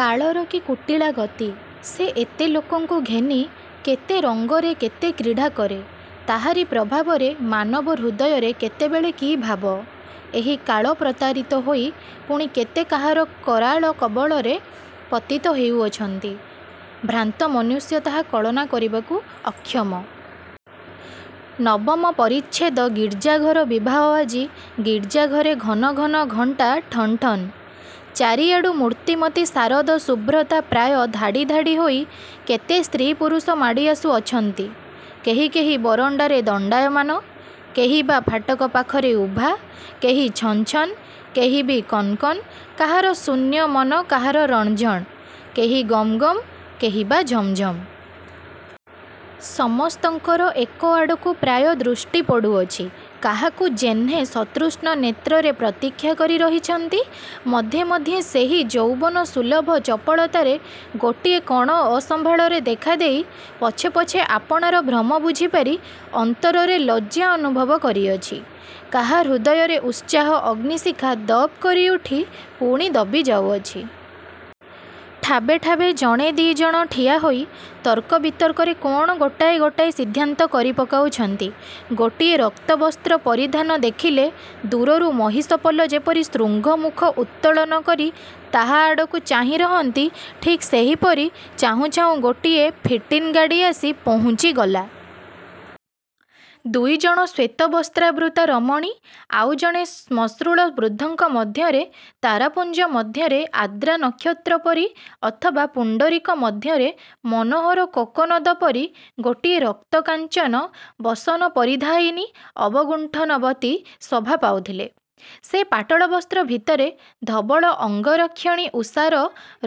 କାଳର କି କୁଟିଳା ଗତି! ସେ ଏତେ ଲୋକଙ୍କୁ ଘେନି କେତେ ରଙ୍ଗରେ କେତେ କ୍ରୀଡ଼ା କରେ! ତାହାରି ପ୍ରଭାବରେ ମାନବ ହୃଦୟରେ କେତେବେଳେ କି ଭାବ! ଏହି କାଳପ୍ରତାରିତ ହୋଇ ପୁଣି କେତେ ତାହାର କରାଳକବଳରେ ପତିତ ହେଉଅଛନ୍ତି! ଭ୍ରାନ୍ତ ମନୁଷ୍ୟ ତାହା କଳନା କରିବାକୁ ଅକ୍ଷମ। ନବମ ପରିଚ୍ଛେଦ ଗିର୍ଜାଘର ବିବାହ ଆଜି ଗିର୍ଜାଘରେ ଘନ ଘନ ଘଣ୍ଟା ଠନ୍ଠନ୍। ଚାରିଆଡ଼ୁ ମୂର୍ତ୍ତିମତୀ ଶାରଦ ଶୁଭ୍ରତା ପ୍ରାୟ ଧାଡ଼ି ଧାଡ଼ି ହୋଇ କେତେ ସ୍ତ୍ରୀ ପୁରୁଷ ମାଡ଼ି ଆସୁଅଛନ୍ତି, କେହି କେହି ବରଣ୍ଡାରେ ଦଣ୍ଡାୟମାନ, କେହି ବା ଫାଟକ ପାଖରେ ଉଭା, କେହି ଛନ୍ ଛନ୍, କେହି ବି କନ୍ କନ୍; କାହାର ଶୂନ୍ୟ ମନ କାହାର ରଣଝଣ୍; କେହି ଗମ୍ ଗମ୍ କେହି ବା ଝମ୍ ଝମ୍। ସମସ୍ତଙ୍କର ଏକଆଡ଼କୁ ପ୍ରାୟ ଦୃଷ୍ଟି ପଡ଼ୁଅଛି କାହାକୁ ଯେହ୍ନେ ସତୃଷ୍ଣନେତ୍ରରେ ପ୍ରତୀକ୍ଷା କରି ରହିଛନ୍ତି। ମଧ୍ୟେ ମଧ୍ୟେ ସେହି ଯୌବନସୁଲଭ ଚପଳତାରେ ଗୋଟିଏ କଣ ଅସମ୍ଭାଳରେ ଦେଖାଦେଇ ପଛେ ପଛେ ଆପଣାର ଭ୍ରମ ବୁଝି ପାରି ଅନ୍ତରରେ ଲଜ୍ଜା ଅନୁଭବ କରିଅଛି। କାହା ହୃଦୟରେ ଉତ୍ସାହ-ଅଗ୍ନିଶିଖା ଦପ୍ କରି ଉଠି ପୁଣି ଦବି ଯାଉଅଛି। ଠାବେ ଠାବେ ଜଣେ ଦି ଜଣ ଠିଆ ହୋଇ ତର୍କ ବିତର୍କରେ କଣ ଗୋଟାଏ ଗୋଟାଏ ସିଦ୍ଧାନ୍ତ କରି ପକାଉଛନ୍ତି। ଗୋଟିଏ ରକ୍ତବସ୍ତ୍ର ପରିଧାନ ଦେଖିଲେ ଦୂରରୁ ମହିଷପଲ ଯେପରି ଶୃଙ୍ଗ ମୁଖ ଉତ୍ତୋଳନ କରି ତାହା ଆଡ଼କୁ ଚାହିଁ ରହନ୍ତି, ଠିକ୍ ସେହିପରି ଚାହୁଁ ଚାହୁଁ ଗୋଟିଏ ଫିଟିନ ଗାଡ଼ି ଆସି ପହୁଞ୍ଚିଗଲା। ଦୁଇଜଣ ଶ୍ୱେତବସ୍ତ୍ରାବୃତା ରମଣୀ ଆଉ ଜଣେ ଶ୍ମଶ୍ରୁଳ ବୃଦ୍ଧଙ୍କ ମଧ୍ୟରେ, ତାରାପୁଞ୍ଜ ମଧ୍ୟରେ ଆର୍ଦ୍ରାନକ୍ଷତ୍ର ପରି ଅଥବା ପୁଣ୍ଡରୀକ ମଧ୍ୟରେ ମନୋହର କୋକନଦ ପରି ଗୋଟିଏ ରକ୍ତକାଞ୍ଚନ ବସନପରିଧାୟିନୀ ଅବଗୁଣ୍ଠନବତୀ ଶୋଭା ପାଉଥିଲେ। ସେ ପାଟଳ ବସ୍ତ୍ର ଭିତରେ ଧବଳଅଙ୍ଗରକ୍ଷିଣୀ ଉଷାର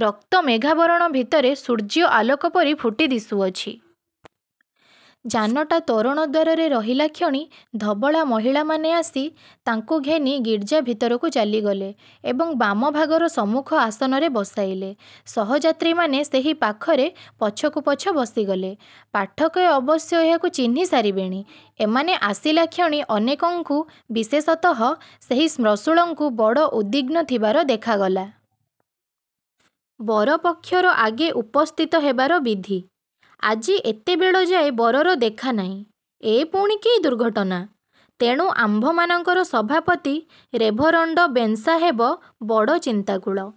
ରକ୍ତ ମେଘାବରଣ ଭିତରେ ସୂର୍ଯ୍ୟ ଆଲୋକ ପରି ଫୁଟି ଦିଶୁଅଛି। ଯାନଟା ତୋରଣଦ୍ୱାରରେ ରହିଲାକ୍ଷଣି ଧବଳା ମହିଳାମାନେ ଆସି ତାଙ୍କୁ ଘେନି ଗିର୍ଜା ଭିତରକୁ ଚାଲିଗଲେ ଏବଂ ବାମଭାଗର ସମ୍ମୁଖ ଆସନରେ ବସାଇଲେ। ସହଯାତ୍ରୀମାନେ ସେହି ପାଖରେ ପଛକୁ ପଛ ବସିଗଲେ। ପାଠକେ, ଅବଶ୍ୟ ଏହାଙ୍କୁ ଚିହ୍ନି ସାରିବେଣି। ଏମାନେ ଆସିଲାକ୍ଷଣି ଅନେକଙ୍କୁ, ବିଶେଷତଃ ସେହି ଶ୍ମଶ୍ରୁଳଙ୍କୁ ବଡ଼ ଉଦ୍ବିଗ୍ନ ଥିବାର ଦେଖାଗଲା। ବର ପକ୍ଷର ଆଗେ ଉପସ୍ଥିତ ହେବାର ବିଧି। ଆଜି ଏତେବେଳଯାଏ ବରର ଦେଖାନାହିଁ। ଏ ପୁଣି କି ଦୁର୍ଘଟନା! ତେଣୁ ଆମ୍ଭମାନଙ୍କର ସଭାପତି ରେଭରଣ୍ଡ ବେନ୍ସାହେବ ବଡ଼ ଚିନ୍ତାକୁଳ।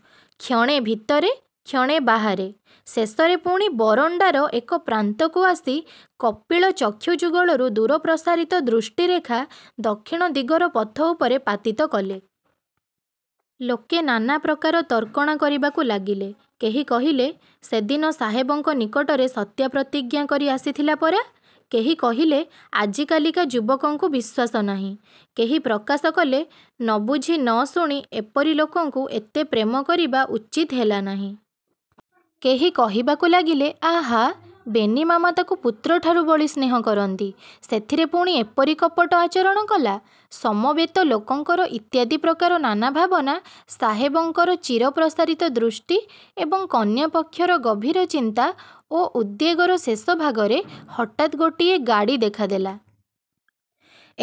କ୍ଷଣେ ଭିତରେ କ୍ଷଣେ ବାହାରେ, ଶେଷରେ ପୁଣି ବରଣ୍ଡାର ଏକପ୍ରାନ୍ତକୁ ଆସି କପିଳ ଚକ୍ଷୁଯୁଗଳରୁ ଦୂରପ୍ରସାରିତ ଦୃଷ୍ଟିରେଖା ଦକ୍ଷିଣଦିଗର ପଥ ଉପରେ ପାତିତ କଲେ। ଲୋକେ ନାନାପ୍ରକାର ତର୍କଣା କରିବାକୁ ଲାଗିଲେ। କେହି କହିଲେ, ସେ ଦିନ ସାହେବଙ୍କ ନିକଟରେ ସତ୍ୟପ୍ରତିଜ୍ଞା କରି ଆସିଥିଲା ପରା! କେହି କହିଲେ, ଆଜିକାଲିକା ଯୁବକଙ୍କୁ ବିଶ୍ୱାସ ନାହିଁ। କେହି ପ୍ରକାଶ କଲେ, ନ ବୁଝି ନ ଶୁଣି ଏପରି ଲୋକଙ୍କୁ ଏତେ ପ୍ରେମ କରିବା ଉଚିତ ହେଲା ନାହିଁ। କେହି କହିବାକୁ ଲାଗିଲେ, ଆହା! ବେନି ମାମା ତାକୁ ପୁତ୍ରଠାରୁ ବଳି ସ୍ନେହ କରନ୍ତି। ସେଥିରେ ପୁଣି ଏପରି କପଟ ଆଚରଣ କଲା! ସମବେତ ଲୋକଙ୍କର ଇତ୍ୟାଦିପ୍ରକାର ନାନା ଭାବନା, ସାହେବଙ୍କର ଚିରପ୍ରସାରିତ ଦୃଷ୍ଟି ଏବଂ କନ୍ୟାପକ୍ଷର ଗଭୀର ଚିନ୍ତା ଓ ଉଦ୍ବେଗର ଶେଷଭାଗରେ ହଠାତ୍ ଗୋଟିଏ ଗାଡ଼ି ଦେଖା ଦେଲା।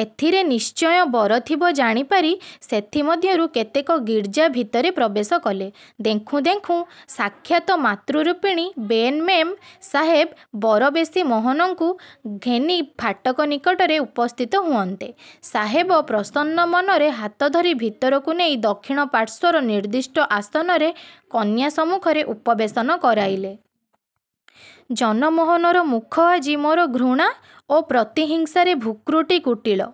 ଏଥିରେ ନିଶ୍ଚୟ ବର ଥିବ ଜାଣି ପାରି ସେଥି ମଧ୍ୟରୁ କେତେକ ଗିର୍ଜା ଭିତରେ ପ୍ରବେଶ କଲେ। ଦେଖୁଁ ଦେଖୁଁ ସାକ୍ଷାତ୍ ମାତୃରୂପିଣୀ ବେନ୍ ମେମ ସାହେବ ବରବେଶୀ ମୋହନଙ୍କୁ ଘେନି ଫାଟକ ନିକଟରେ ଉପସ୍ଥିତ ହୁଅନ୍ତେ, ସାହେବ ପ୍ରସନ୍ନ ମନରେ ହାତ ଧରି ଭିତରକୁ ନେଇ ଦକ୍ଷିଣପାର୍ଶ୍ୱର ନିର୍ଦିଷ୍ଟ ଆସନରେ କନ୍ୟା ସମ୍ମୁଖରେ ଉପବେଶନ କରାଇଲେ। ଜନମୋହନର ମୁଖ ଆଜି ଘୋର ଘୃଣା ଓ ପ୍ରତିହିଂସାରେ ଭ୍ରୂକୁଟି କୁଟିଳ।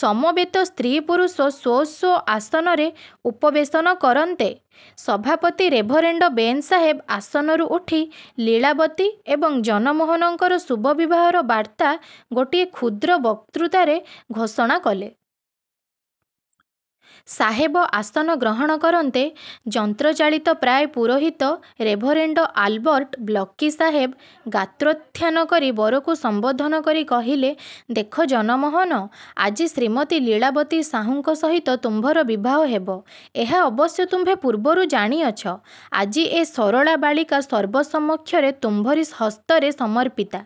ସମବେତ ସ୍ତ୍ରୀ ପୁରୁଷ ସ୍ୱ ସ୍ୱ ଆସନରେ ଉପବେଶନ କରନ୍ତେ, ସଭାପତି ରେଭରେଣ୍ଡ ବେନ୍ ସାହେବ ଆସନରୁ ଉଠି ଲୀଳାବତୀ ଏବଂ ଜନମୋହନଙ୍କର ଶୁଭବିବାହର ବାର୍ତ୍ତା ଗୋଟିଏ କ୍ଷୁଦ୍ର ବକ୍ତୃତାରେ ଘୋଷଣା କଲେ। ସାହେବ ଆସନ ଗ୍ରହଣ କରନ୍ତେ, ଯନ୍ତ୍ରଚାଳିତ ପ୍ରାୟ ପୁରୋହିତ ରେଭରେଣ୍ଡ ଆଲବର୍ଟ ବକ୍ଲି ସାହେବ ଗାତ୍ରୋତ୍ଥାନ କରି ବରକୁ ସମ୍ବୋଧନ କରି କହିଲେ, ଦେଖ ଜନମୋହନ! ଆଜି ଶ୍ରୀମତୀ ଲୀଳାବତୀ ସାହୁଙ୍କ ସହିତ ତୁମ୍ଭର ବିବାହ ହେବ। ଏହା ଅବଶ୍ୟ ତୁମ୍ଭେ ପୂର୍ବରୁ ଜାଣିଅଛ। ଆଜି ଏ ସରଳା ବାଳିକା ସର୍ବସମକ୍ଷରେ ତୁମ୍ଭରି ହସ୍ତରେ ସମର୍ପିତା।